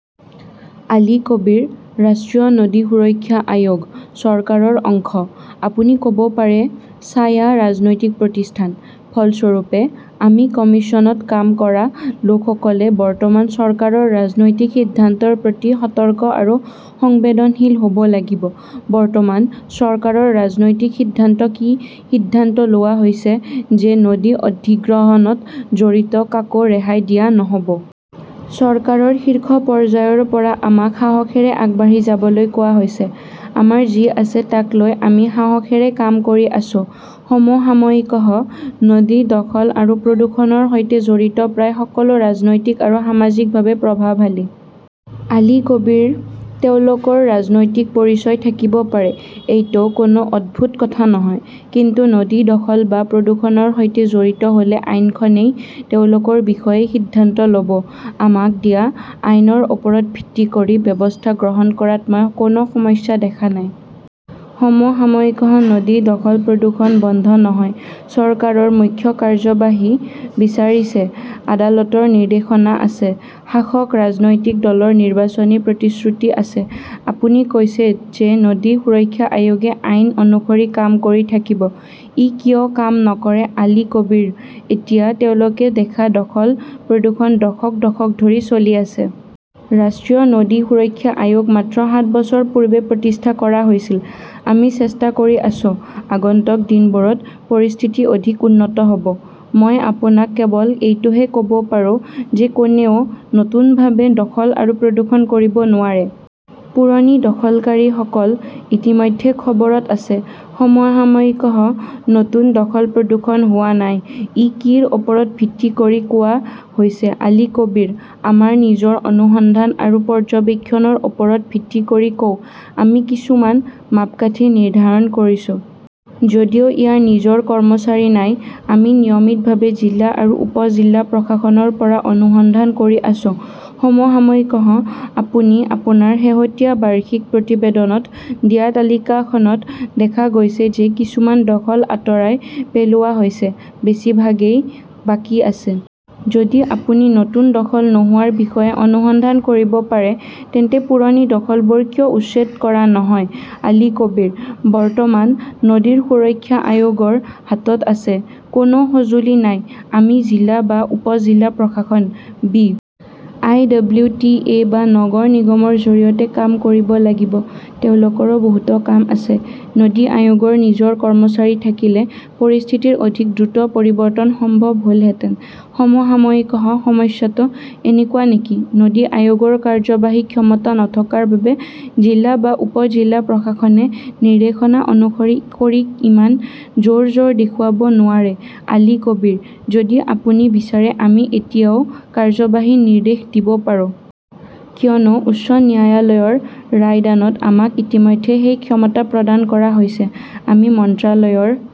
আলী কবীৰঃ ৰাষ্ট্ৰীয় নদী সুৰক্ষা আয়োগ চৰকাৰৰ অংশ। আপুনি ক 'ব পাৰে, ছায়া ৰাজনৈতিক প্ৰতিষ্ঠান। ফলস্বৰূপে, আমি কমিশ্যনত কাম কৰা লোকসকলে বৰ্তমান চৰকাৰৰ ৰাজনৈতিক সিদ্ধান্তৰ প্ৰতি সতৰ্ক আৰু সংবেদনশীল হ 'ব লাগিব। বৰ্তমান চৰকাৰৰ ৰাজনৈতিক সিদ্ধান্ত কি সিদ্ধান্ত লোৱা হৈছে যে নদী অধিগ্ৰহণত জড়িত কাকো ৰেহাই দিয়া নহ 'ব। চৰকাৰৰ শীৰ্ষ পৰ্যায়ৰ পৰা আমাক সাহসৰে আগবাঢ়ি যাবলৈ কোৱা হৈছে। আমাৰ যি আছে তাক লৈ আমি সাহসৰে কাম কৰি আছো। সমসাময়িকঃ নদী দখল আৰু প্ৰদূষণৰ সৈতে জড়িত প্ৰায় সকলো ৰাজনৈতিক আৰু সামাজিকভাৱে প্ৰভাৱশালী। আলী কবীৰঃ তেওঁলোকৰ ৰাজনৈতিক পৰিচয় থাকিব পাৰে। এইটো কোনো অদ্ভুত কথা নহয়। কিন্তু নদী দখল বা প্ৰদূষণৰ সৈতে জড়িত হ’লে আইনখনেই তেওঁলোকৰ বিষয়ে সিদ্ধান্ত ল’ব। আমাক দিয়া আইনৰ ওপৰত ভিত্তি কৰি ব্যৱস্থা গ্ৰহণ কৰাত মই কোনো সমস্যা দেখা নাই। সমসাময়িকঃ নদী দখল-প্ৰদূষণ বন্ধ নহয়। চৰকাৰৰ মুখ্য কাৰ্যবাহীই বিচাৰিছে, আদালতৰ নিৰ্দেশনা আছে, শাসক ৰাজনৈতিক দলৰ নিৰ্বাচনী প্ৰতিশ্ৰুতি আছে। আপুনি কৈছে যে নদী সুৰক্ষা আয়োগে আইন অনুসৰি কাম কৰি থাকিব। ই কিয় কাম নকৰে আলী কবীৰঃ এতিয়া তেওঁলোকে দেখা দখল-প্ৰদূষণ দশক দশক ধৰি চলি আছে। ৰাষ্ট্ৰীয় নদী সুৰক্ষা আয়োগ মাত্ৰ সাত বছৰ পূৰ্বে প্ৰতিষ্ঠা কৰা হৈছিল। আমি চেষ্টা কৰি আছো, আগন্তুক দিনবোৰত পৰিস্থিতি অধিক উন্নত হ 'ব। মই আপোনাক কেৱল এইটোহে ক 'ব পাৰো যে কোনেও নতুনভাৱে দখল আৰু প্ৰদূষণ কৰিব নোৱাৰে। পুৰণি দখলকাৰীসকল ইতিমধ্যে খবৰত আছে। সমসাময়িকঃ নতুন দখল-প্ৰদূষণ হোৱা নাই ই কিৰ ওপৰত ভিত্তি কৰি কোৱা হৈছে আলী কবীৰঃ আমাৰ নিজৰ অনুসন্ধান আৰু পৰ্যবেক্ষণৰ ওপৰত ভিত্তি কৰি কওঁ। আমি কিছুমান মাপকাঠি নিৰ্ধাৰণ কৰিছো। যদিও ইয়াৰ নিজৰ কৰ্মচাৰী নাই; আমি নিয়মিতভাৱে জিলা আৰু উপ-জিলা প্ৰশাসনৰ পৰা অনুসন্ধান কৰি আছো। সমসাময়িকঃ আপুনি আপোনাৰ শেহতীয়া বাৰ্ষিক প্ৰতিবেদনত দিয়া তালিকাখনত দেখা গৈছে যে কিছুমান দখল আঁতৰাই পেলোৱা হৈছে; বেছিভাগেই বাকী আছে। যদি আপুনি নতুন দখল নোহোৱাৰ বিষয়ে অনুসন্ধান কৰিব পাৰে তেন্তে পুৰণি দখলবোৰ কিয় উচ্ছেদ কৰা নহয় আলী কবীৰঃ বৰ্তমান নদী সুৰক্ষা আয়োগৰ হাতত আছে, কোনো সঁজুলি নাই। আমি জিলা বা উপ-জিলা প্ৰশাসন, B. I. W. T. A. বা নগৰ নিগমৰ জৰিয়তে কাম কৰিব লাগিব। তেওঁলোকৰো বহুতো কাম আছে। নদী আয়োগৰ নিজৰ কৰ্মচাৰী থাকিলে পৰিস্থিতিৰ অধিক দ্ৰুত পৰিৱৰ্তন সম্ভৱ হ "লহেঁতেন। সমসাময়িকঃ সমস্যাটো এনেকুৱা নেকি, নদী আয়োগৰ কাৰ্যবাহী ক্ষমতা নথকাৰ বাবে জিলা বা উপ-জিলা প্ৰশাসনে নিৰ্দেশনা অনুসৰণ কৰি ইমান জোৰ-জোৰ দেখুৱাব নোৱাৰে আলী কবীৰঃ যদি আপুনি বিচাৰে আমি এতিয়াও কাৰ্যবাহী নিৰ্দেশ দিব পাৰোঁ। কিয়নো উচ্চ ন্যায়ালয়ৰ ৰায়দানত আমাক ইতিমধ্যে সেই ক্ষমতা প্ৰদান কৰা হৈছে। আমি মন্ত্ৰালয়ৰ